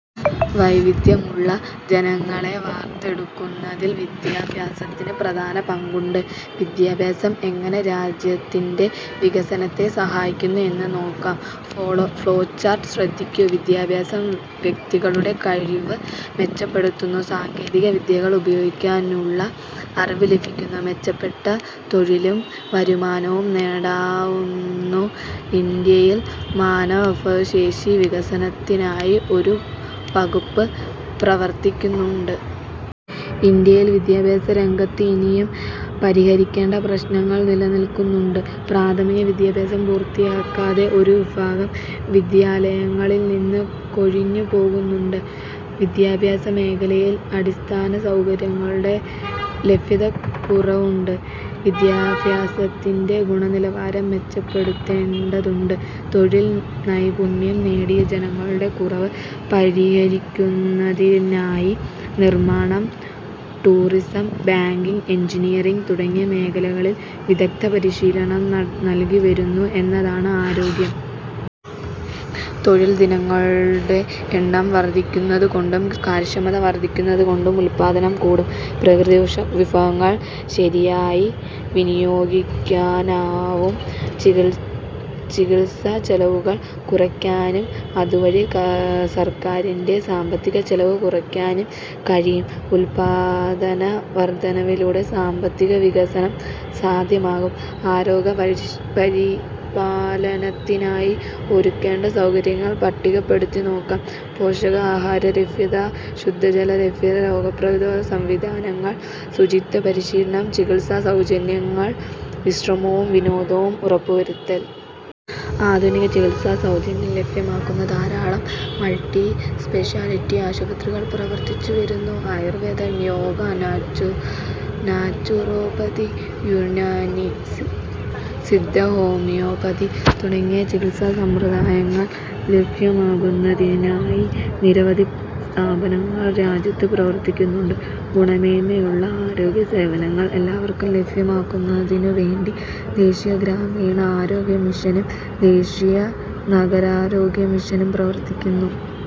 വൈദഗ്ധ്യമുള്ള ജനങ്ങളെ വാർത്തെടുക്കുന്നതിൽ വിദ്യാഭ്യാസത്തിന് പ്രധാന പങ്കുണ്ട്. വിദ്യാഭ്യാസം എങ്ങനെ രാജ്യത്തിന്റെ വികസനത്തെ സഹായിക്കുന്നു എന്നു നോക്കാം. ഫ്ളോചാർട്ട് ശ്രദ്ധിക്കൂ. വിദ്യാഭ്യാസം വ്യക്തികളുടെ കഴിവ് മെച്ചപ്പെടുത്തുന്നു. സാങ്കേതികവിദ്യകൾ ഉപയോഗിക്കാനുള്ള അറിവ് ലഭിക്കുന്നു. മെച്ചപ്പെട്ട തൊഴിലും വരുമാനവും നേടാനാവുന്നു. ഇന്ത്യയിൽ മാനവവിഭവശേഷി വികസനത്തിനായി ഒരു വകുപ്പ് പ്രവർത്തിക്കുന്നുണ്ട്. ഇന്ത്യയിൽ വിദ്യാഭ്യാസരംഗത്ത് ഇനിയും പരിഹരിക്കേണ്ട പ്രശ്നങ്ങൾ നിലനിൽക്കുന്നുണ്ട്. പ്രാഥമികവിദ്യാഭ്യാസം പൂർത്തിയാക്കാതെ ഒരു വിഭാഗം വിദ്യാലയങ്ങളിൽനിന്ന് കൊഴിഞ്ഞുപോകുന്നുണ്ട്. വിദ്യാഭ്യാസമേഖലയിൽ അടിസ്ഥാനസൗകര്യങ്ങളുടെ ലഭ്യതക്കുറവുണ്ട്. വിദ്യാഭ്യാസത്തിന്റെ ഗുണനിലവാരം മെച്ചപ്പെടേണ്ടതുണ്ട്. തൊഴിൽ നൈപുണ്യം നേടിയ ജനങ്ങളുടെ കുറവ് പരിഹരിക്കുന്നതിനായി നിർമാണം, ടൂറിസം, ബാങ്കിങ്, എൻജിനിയറിങ് തുടങ്ങിയ മേഖലകളിൽ വിദഗ്ധപരിശീലനം നൽകിവരുന്നു. എന്താണ് ആരോഗ്യം? തൊഴിൽ ദിനങ്ങളുടെ എണ്ണം വർധിക്കുന്നതുകൊണ്ടും കാര്യക്ഷമത വർധിക്കുന്നതുകൊണ്ടും ഉൽപ്പാദനം കൂടും. പ്രകൃതിവിഭവങ്ങൾ ശരിയായി വിനിയോഗിക്കാനാവും. ചികിത്സച്ചെലവുകൾ കുറയ്ക്കാനും അതുവഴി സർക്കാരിന്റെ സാമ്പത്തികച്ചെലവ് കുറയ്ക്കാനും കഴിയും. ഉൽപ്പാദനവർധനവിലൂടെ സാമ്പത്തികവികസനം സാധ്യമാകും. ആരോഗ്യപരിപാലനത്തിനായി ഒരുക്കേണ്ട സൗകര്യങ്ങൾ പട്ടികപ്പെടുത്തി നോക്കാം. പോഷകാഹാരലഭ്യത. ശുദ്ധജലലഭ്യത. രോഗപ്രതിരോധ സംവിധാനങ്ങൾ. ശുചിത്വപരിപാലനം. ചികിത്സാസൗകര്യങ്ങൾ. വിശ്രമവും വിനോദവും ഉറപ്പുവരുത്തൽ. ആധുനിക ചികിത്സാസൗകര്യം ലഭ്യമാക്കുന്ന ധാരാളം മൾട്ടി സ്പെഷ്യാലിറ്റി ആശുപത്രികൾ പ്രവർത്തിച്ചു വരുന്നു. ആയുർവേദം, യോഗ, നാച്ചുറോപ്പതി, യുനാനി, സിദ്ധ, ഹോമിയോപ്പതി തുടങ്ങിയ ചികിത്സാസമ്പ്രദായങ്ങൾ ലഭ്യമാക്കുന്നതിനായി നിരവധി സ്ഥാപനങ്ങൾ രാജ്യത്തു പ്രവർത്തിക്കുന്നുണ്ട്. ഗുണമേന്മയുള്ള ആരോഗ്യസേവനങ്ങൾ എല്ലാവർക്കും ലഭ്യമാക്കുന്നതിനുവേണ്ടി ദേശീയ ഗ്രാമീണ ആരോഗ്യ മിഷനും ദേശീയ നഗരാരോഗ്യ മിഷനും പ്രവർത്തിക്കുന്നു.